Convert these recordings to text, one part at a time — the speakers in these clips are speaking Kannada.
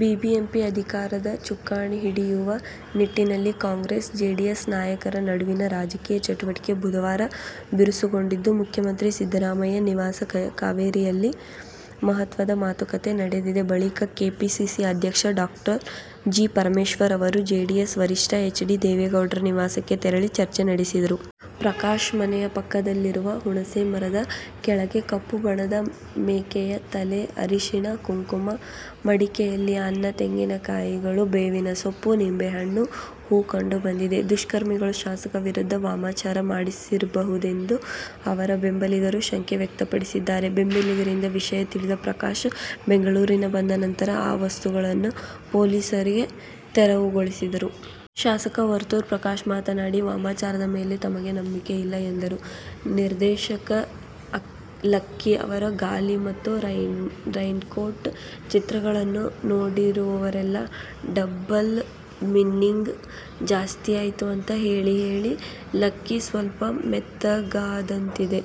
ಬಿಬಿಎಂಪಿ ಅಧಿಕಾರದ ಚುಕ್ಕಾಣಿ ಹಿಡಿಯುವ ನಿಟ್ಟಿನಲ್ಲಿ ಕಾಂಗ್ರೆಸ್, ಜೆಡಿಎಸ್ ನಾಯಕರ ನಡುವಿನ ರಾಜಕೀಯ ಚಟುವಟಿಕೆ ಬುಧವಾರ ಬಿರುಸುಗೊಂಡಿದ್ದು, ಮುಖ್ಯಮಂತ್ರಿ ಸಿದ್ದರಾಮಯ್ಯ ನಿವಾಸ ಕಾವೇರಿಯಲ್ಲಿ ಮಹತ್ವದ ಮಾತುಕತೆ ನಡೆದ ಬಳಿಕ ಕೆಪಿಸಿಸಿ ಅಧ್ಯಕ್ಷ ಡಾ. ಜಿ. ಪರಮೇಶ್ವರ್ ಅವರು ಜೆಡಿಎಸ್ ವರಿಷ್ಠ ಎಚ್. ಡಿ. ದೇವೇಗೌಡರ ನಿವಾಸಕ್ಕೆ ತೆರಳಿ ಚರ್ಚೆ ನಡೆಸಿದರು. ಪ್ರಕಾಶ್ ಮನೆಯ ಪಕ್ಕದಲ್ಲಿರುವ ಹುಣಸೆ ಮರದ ಕೆಳಗೆ ಕಪ್ಪು ಬಣದ ಮೇಕೆಯ ತಲೆ, ಅರಿಶಿನ, ಕುಂಕುಮ, ಮಡಕೆಯಲ್ಲಿ ಅನ್ನ, ತೆಂಗಿನ ಕಾಯಿಗಳು, ಬೇವಿನ ಸೊಪ್ಪು, ನಿಂಬೆಹಣ್ಣು, ಹೂ ಕಂಡು ಬಂದಿದೆ. ದುಷ್ಕರ್ಮಿಗಳು ಶಾಸಕರ ವಿರುದ್ಧ ವಾಮಾಚಾರ ಮಾಡಿಸಿರಬಹುದೆಂದು ಅವರ ಬೆಂಬಲಿಗರು ಶಂಕೆ ವ್ಯಕ್ತಪಡಿಸಿದ್ದಾರೆ. ಬೆಂಬಲಿಗರಿಂದ ವಿಷಯ ತಿಳಿದ ಪ್ರಕಾಶ್ ಬೆಂಗಳೂರಿನಿಂದ ಬಂದ ನಂತರ ಆ ವಸ್ತುಗಳನ್ನು ಪೊಲೀಸರು ತೆರವುಗೊಳಿಸಿದರು. ಶಾಸಕ ವರ್ತೂರು ಪ್ರಕಾಶ್ ಮಾತನಾಡಿ, ವಾಮಾಚಾರದ ಮೇಲೆ ತಮಗೆ ನಂಬಿಕೆಯಿಲ್ಲ ಎಂದರು. ನಿರ್ದೇಶಕ ಲಕ್ಕಿ ಅವರ "ಗಾಲಿ' ಮತ್ತು "ರೈನ್ಕೋಟ್' ಚಿತ್ರಗಳನ್ನು ನೋಡಿದವರೆಲ್ಲಾ ಡಬ್ಬಲ್ ಮೀನಿಂಗ್ ಜಾಸ್ತಿಯಾಯ್ತು ಅಂತ ಹೇಳಿಹೇಳಿ, ಲಕ್ಕಿ ಸ್ವಲ್ಪ ಮೆತ್ತಗಾದಂತಿದೆ.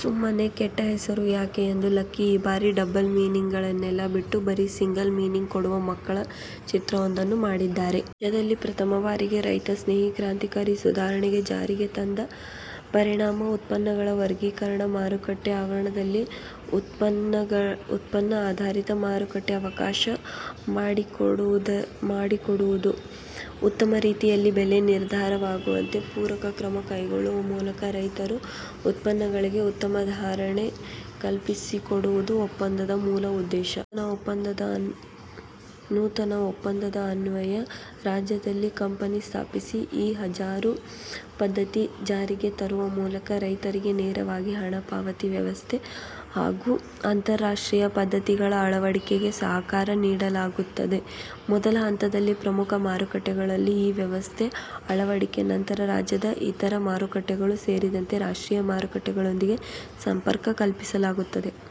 ಸುಮ್ಮನೆ ಕೆಟ್ಟ ಹೆಸರು ಯಾಕೆ ಎಂದು ಲಕ್ಕಿ ಈ ಬಾರಿ ಡಬ್ಬಲ್ ಮೀನಿಂಗ್ಗಳನ್ನೆಲ್ಲಾ ಬಿಟ್ಟು, ಬರೀ ಸಿಂಗಲ್ ಮೀನಿಂಗ್ ಕೊಡುವ ಮಕ್ಕಳ ಚಿತ್ರವೊಂದನ್ನು ಮಾಡಿದ್ದಾರೆ. ದೇಶದಲ್ಲಿ ಪ್ರಥಮ ಬಾರಿಗೆ ರೈತ ಸ್ನೇಹಿ ಕ್ರಾಂತಿಕಾರಕ ಸುಧಾರಣೆ ಜಾರಿಗೆ ತಂದ ಪರಿಣಾಮ ಉತ್ಪನ್ನಗಳ ವರ್ಗೀಕರಣ, ಮಾರುಕಟ್ಟೆ ಆವರಣದಲ್ಲಿ ಉತ್ಪನ್ನ ಆಧಾರಿತ ಮಾರಾಟಕ್ಕೆ ಅವಕಾಶ ಮಾಡಿಕೊಡುವುದು, ಉತ್ತಮ ರೀತಿಯಲ್ಲಿ ಬೆಲೆ ನಿರ್ಧಾರವಾಗುವಂತೆ ಪೂರಕ ಕ್ರಮ ಕೈಗೊಳ್ಳುವ ಮೂಲಕ ರೈತರ ಉತ್ಪನ್ನಗಳಿಗೆ ಉತ್ತಮ ಧಾರಣೆ ಕಲ್ಪಿಸಿಕೊಡುವುದು ಒಪ್ಪಂದದ ಮೂಲ ಉದ್ದೇಶ. ನೂತನ ಒಪ್ಪಂದದ ಅನ್ವಯ ರಾಜ್ಯದಲ್ಲಿ ಕಂಪನಿ ಸ್ಥಾಪಿಸಿ ಇ-ಹರಾಜು ಪದ್ಧತಿ ಜಾರಿಗೆ ತರುವ ಮೂಲಕ ರೈತರಿಗೆ ನೇರವಾಗಿ ಹಣ ಪಾವತಿ ವ್ಯವಸ್ಥೆ ಹಾಗೂ ಅಂತಾರಾಷ್ಟ್ರೀಯ ಪದ್ಧತಿಗಳ ಅಳವಡಿಕೆಗೆ ಸಹಕಾರ ನೀಡಲಾಗುತ್ತದೆ. ಮೊದಲ ಹಂತದಲ್ಲಿ ಪ್ರಮುಖ ಮಾರುಕಟ್ಟೆಗಳಲ್ಲಿ ಈ ವ್ಯವಸ್ಥೆ ಅಳವಡಿಕೆ ನಂತರ ರಾಜ್ಯದ ಇತರ ಮಾರುಕಟ್ಟೆಗಳು ಸೇರಿದಂತೆ ರಾಷ್ಟ್ರೀಯ ಮಾರುಕಟ್ಟೆಗಳೊಂದಿಗೆ ಸಂಪರ್ಕ ಕಲ್ಪಿಸಲಾಗುತ್ತದೆ.